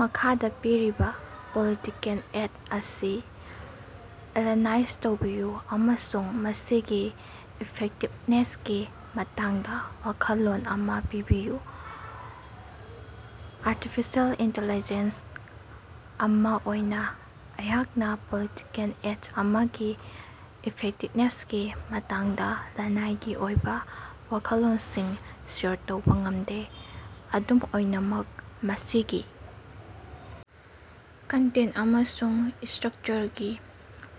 ꯃꯈꯥꯗꯥ ꯄꯤꯔꯤꯕꯥ political ad ꯑꯁꯤ ꯑꯦꯅꯥꯂꯥꯏꯖ ꯇꯧꯕꯤꯌꯨ ꯑꯃꯁꯨꯡ ꯃꯁꯤꯒꯤ ꯏꯐꯦꯛꯇꯤꯕꯅꯦꯁꯀꯤ ꯃꯇꯥꯡꯗꯥ ꯋꯥꯈꯜꯂꯣꯟ ꯑꯃꯥ ꯄꯤꯕꯤꯌꯨ꯫ ꯑꯔꯇꯤꯐꯤꯁꯦꯜ ꯏꯟꯇꯤꯂꯤꯖꯦꯟꯁ ꯑꯃꯥ ꯑꯣꯏꯅꯥ ꯑꯩꯍꯥꯛꯅꯥ ꯄꯣꯂꯤꯇꯤꯀꯦꯜ ꯑꯦꯗ ꯑꯃꯒꯤ ꯏꯐꯦꯛꯇꯤꯕꯅꯦꯁꯀꯤ ꯃꯇꯥꯡꯗꯥ ꯂꯅꯥꯏꯒꯤ ꯑꯣꯏꯕꯥ ꯋꯥꯈꯜꯂꯣꯟꯁꯤꯡ ꯁꯦꯌꯔ ꯇꯧꯕꯥ ꯉꯝꯗꯦ꯫ ꯑꯗꯨꯝ ꯑꯣꯏꯅꯃꯛ ꯃꯁꯤꯒꯤ ꯀꯟꯇꯦꯟꯇ ꯑꯃꯁꯨꯡ ꯏꯁꯇ꯭ꯔꯛꯆꯔꯒꯤ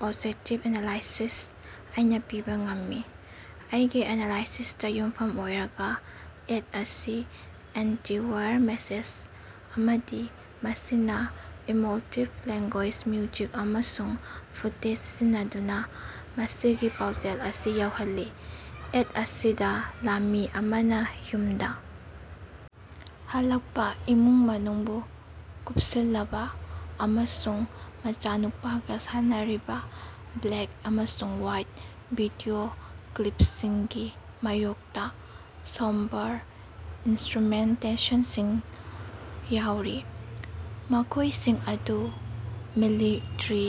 ꯑꯣꯕꯖꯦꯛꯇꯤꯕ ꯑꯦꯅꯥꯂꯥꯏꯁꯤꯁ ꯑꯩꯅꯥ ꯄꯤꯕꯥ ꯉꯝꯃꯤ꯫ ꯑꯩꯒꯤ ꯑꯦꯅꯥꯂꯥꯏꯁꯤꯁꯇꯥ ꯌꯨꯝꯐꯝ ꯑꯣꯏꯔꯒꯥ ꯑꯦꯗ ꯑꯁꯤ ꯑꯦꯟꯇꯤ-ꯋꯥꯔ ꯃꯦꯁꯦꯖ ꯑꯃꯅꯤ ꯃꯁꯤꯅꯥ ꯏꯃꯣꯇꯤꯕ ꯂꯦꯡꯒꯣꯏꯖ, ꯃ꯭ꯌꯨꯖꯤꯛ ꯑꯃꯁꯨꯡ ꯐꯨꯇꯦꯖ ꯁꯤꯖꯤꯟꯅꯗꯨꯅꯥ ꯃꯁꯤꯒꯤ ꯄꯥꯎꯖꯦꯜ ꯑꯁꯤ ꯌꯧꯍꯜꯂꯤ꯫ ꯑꯦꯗ ꯑꯁꯤꯗꯥ ꯂꯥꯟꯃꯤ ꯑꯃꯅꯥ ꯌꯨꯝꯗꯥ ꯍꯜꯂꯛꯄꯥ, ꯏꯃꯨꯡ ꯃꯅꯨꯡꯕꯨ ꯀꯨꯞꯁꯤꯜꯂꯕꯥ ꯑꯃꯁꯨꯡ ꯃꯆꯥꯅꯨꯄꯥꯒꯥ ꯁꯥꯟꯅꯔꯤꯕꯥ ꯕ꯭ꯂꯦꯛ ꯑꯃꯁꯨꯡ ꯍ꯭ꯋꯥꯏꯠ ꯚꯤꯗꯤꯑꯣ ꯀ꯭ꯂꯤꯞꯁꯤꯡꯒꯤ ꯃꯥꯌꯣꯛꯇꯥ ꯁꯣꯝꯕꯔ ꯏꯟꯁꯇ꯭ꯔꯨꯃꯦꯟꯇꯦꯁꯟꯁꯤꯡ ꯌꯥꯎꯔꯤ, ꯃꯈꯣꯏꯁꯤꯡ ꯑꯗꯨ ꯃꯤꯂꯤꯇꯔꯤ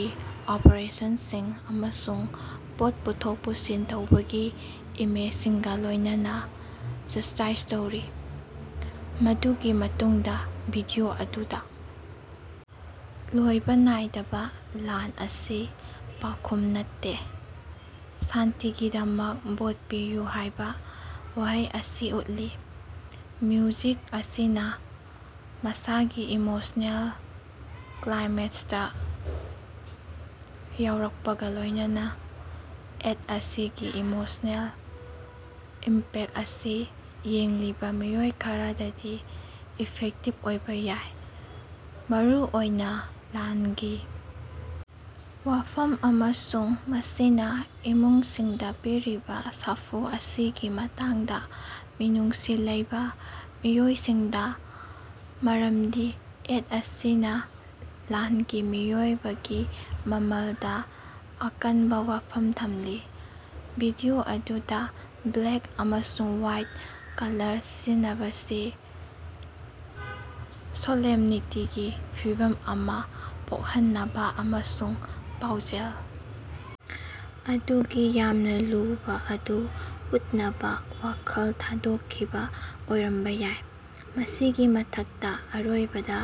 ꯑꯣꯄꯔꯦꯁꯟꯁꯤꯡ ꯑꯃꯁꯨꯡ ꯄꯣꯠ ꯄꯨꯊꯣꯛ ꯄꯨꯁꯤꯟ ꯇꯧꯕꯒꯤ ꯏꯃꯦꯖꯁꯤꯡꯒꯥ ꯂꯣꯏꯅꯅꯥ ꯖꯛꯁꯇꯥꯏꯖ ꯇꯧꯔꯤ꯫ ꯃꯗꯨꯒꯤ ꯃꯇꯨꯡꯗꯥ ꯚꯤꯗꯤꯑꯣ ꯑꯗꯨꯗꯥ ꯂꯣꯏꯕꯥ ꯅꯥꯏꯗꯕꯥ ꯂꯥꯟ ꯑꯁꯤ ꯄꯥꯎꯈꯨꯝ ꯅꯠꯇꯦ꯫ ꯁꯥꯟꯇꯤꯒꯤꯗꯃꯛ ꯚꯣꯠ ꯄꯤꯌꯨ ꯍꯥꯌꯕꯥ ꯋꯥꯍꯩ ꯑꯁꯤ ꯎꯠꯂꯤ꯫ ꯃ꯭ꯌꯨꯖꯤꯛ ꯑꯁꯤꯅꯥ ꯃꯁꯥꯒꯤ ꯏꯃꯣꯁꯅꯦꯜ ꯀ꯭ꯂꯥꯏꯃꯦꯛꯁꯇꯥ ꯌꯧꯔꯛꯄꯒꯥ ꯂꯣꯏꯅꯅꯥ, ꯑꯦꯗ ꯑꯁꯤꯒꯤ ꯏꯃꯣꯁꯅꯦꯜ ꯏꯝꯄꯦꯛꯇ ꯑꯁꯤ ꯌꯦꯡꯂꯤꯕꯥ ꯃꯤꯑꯣꯏ ꯈꯔꯗꯗꯤ ꯏꯐꯦꯛꯇꯤꯕ ꯑꯣꯏꯕꯥ ꯌꯥꯏ, ꯃꯔꯨꯑꯣꯏꯅꯥ ꯂꯥꯟꯒꯤ ꯋꯥꯐꯝ ꯑꯃꯁꯨꯡ ꯃꯁꯤꯅꯥ ꯏꯃꯨꯡꯁꯤꯡꯗꯥ ꯄꯤꯔꯤꯕꯥ ꯁꯥꯐꯨ ꯑꯁꯤꯒꯤ ꯃꯇꯥꯡꯗꯥ ꯃꯤꯅꯨꯡꯁꯤ ꯂꯩꯕꯥ ꯃꯤꯑꯣꯏꯁꯤꯡꯗꯥ, ꯃꯔꯝꯗꯤ ꯑꯦꯗ ꯑꯁꯤꯅꯥ ꯂꯥꯟꯒꯤ ꯃꯤꯑꯣꯏꯕꯒꯤ ꯃꯃꯜꯗꯥ ꯑꯀꯟꯕꯥ ꯋꯥꯐꯝ ꯊꯝꯂꯤ꯫ ꯚꯤꯗꯤꯑꯣ ꯑꯗꯨꯗꯥ ꯕ꯭ꯂꯦꯛ ꯑꯃꯁꯨꯡ ꯍ꯭ꯋꯥꯏꯠ ꯀꯂꯔ ꯁꯤꯖꯤꯟꯅꯕꯁꯤ ꯁꯣꯂꯦꯝꯅꯤꯇꯤꯒꯤ ꯐꯤꯚꯝ ꯑꯃꯥ ꯄꯣꯛꯍꯟꯅꯕꯥ ꯑꯃꯁꯨꯡ ꯄꯥꯎꯖꯦꯜ ꯑꯗꯨꯒꯤ ꯌꯥꯝꯅꯥ ꯂꯨꯕꯥ ꯑꯗꯨ ꯎꯠꯅꯕꯥ ꯋꯥꯈꯜ ꯊꯥꯗꯣꯛꯈꯤꯕꯥ ꯑꯣꯏꯔꯝꯕꯥ ꯌꯥꯏ꯫ ꯃꯁꯤꯒꯤ ꯃꯊꯛꯇꯥ, ꯑꯔꯣꯏꯕꯗꯥ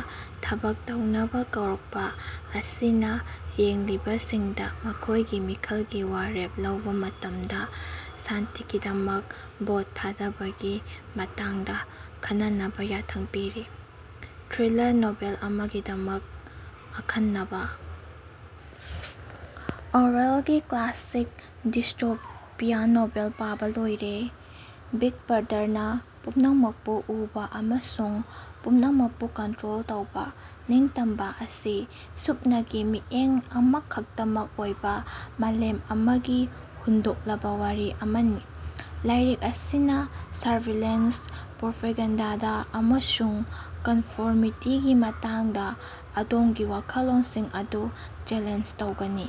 ꯊꯕꯛ ꯇꯧꯅꯕꯥ ꯀꯧꯔꯛꯄꯥ ꯑꯁꯤꯅꯥ ꯌꯦꯡꯂꯤꯕꯁꯤꯡꯗꯥ ꯃꯈꯣꯏꯒꯤ ꯃꯤꯈꯜꯒꯤ ꯋꯥꯔꯦꯞ ꯂꯧꯕꯥ ꯃꯇꯝꯗꯥ ꯁꯥꯟꯇꯤꯒꯤꯗꯃꯛ ꯚꯣꯠ ꯊꯥꯗꯕꯒꯤ ꯃꯇꯥꯡꯗꯥ ꯈꯟꯅꯅꯕꯥ ꯌꯥꯊꯪ ꯄꯤꯔꯤ꯫ ꯊ꯭ꯔꯤꯂꯥꯔ ꯅꯣꯚꯦꯜ ꯑꯃꯒꯤꯗꯃꯛ ꯑꯈꯟꯅꯕꯥ ꯑꯣꯔꯋꯦꯜꯒꯤ ꯀ꯭ꯂꯥꯁꯤꯛ ꯗꯤꯁꯇꯣꯄꯤꯌꯥꯟ ꯅꯣꯚꯦꯜ, ꯄꯥꯕꯥ ꯂꯣꯏꯔꯦ, ꯕꯤꯛ ꯕ꯭ꯔꯥꯗꯥꯔꯅꯥ ꯄꯨꯝꯅꯃꯛꯄꯨ ꯎꯕꯥ ꯑꯃꯁꯨꯡ ꯄꯨꯝꯅꯃꯛꯄꯨ ꯀꯟꯇ꯭ꯔꯣꯜ ꯇꯧꯕꯥ, ꯅꯤꯡꯇꯝꯕꯥ ꯑꯁꯤ ꯁꯨꯞꯅꯒꯤ ꯃꯤꯠꯌꯦꯡ ꯑꯃꯈꯛꯇꯃꯛ ꯑꯣꯏꯕꯥ ꯃꯥꯂꯦꯝ ꯑꯃꯒꯤ ꯍꯨꯟꯗꯣꯛꯂꯕꯥ ꯋꯥꯔꯤ ꯑꯃꯅꯤ꯫ ꯂꯥꯏꯔꯤꯛ ꯑꯁꯤꯅꯥ ꯁꯔꯚꯤꯂꯦꯟꯁ, ꯄ꯭ꯔꯣꯄꯥꯒꯥꯟꯗꯥ ꯑꯃꯁꯨꯡ ꯀꯟꯐꯣꯔꯃꯤꯇꯤꯒꯤ ꯃꯇꯥꯡꯗꯥ ꯑꯗꯣꯝꯒꯤ ꯋꯥꯈꯜꯂꯣꯟꯁꯤꯡ ꯑꯗꯨ ꯆꯦꯂꯦꯟꯖ ꯇꯧꯒꯅꯤ꯫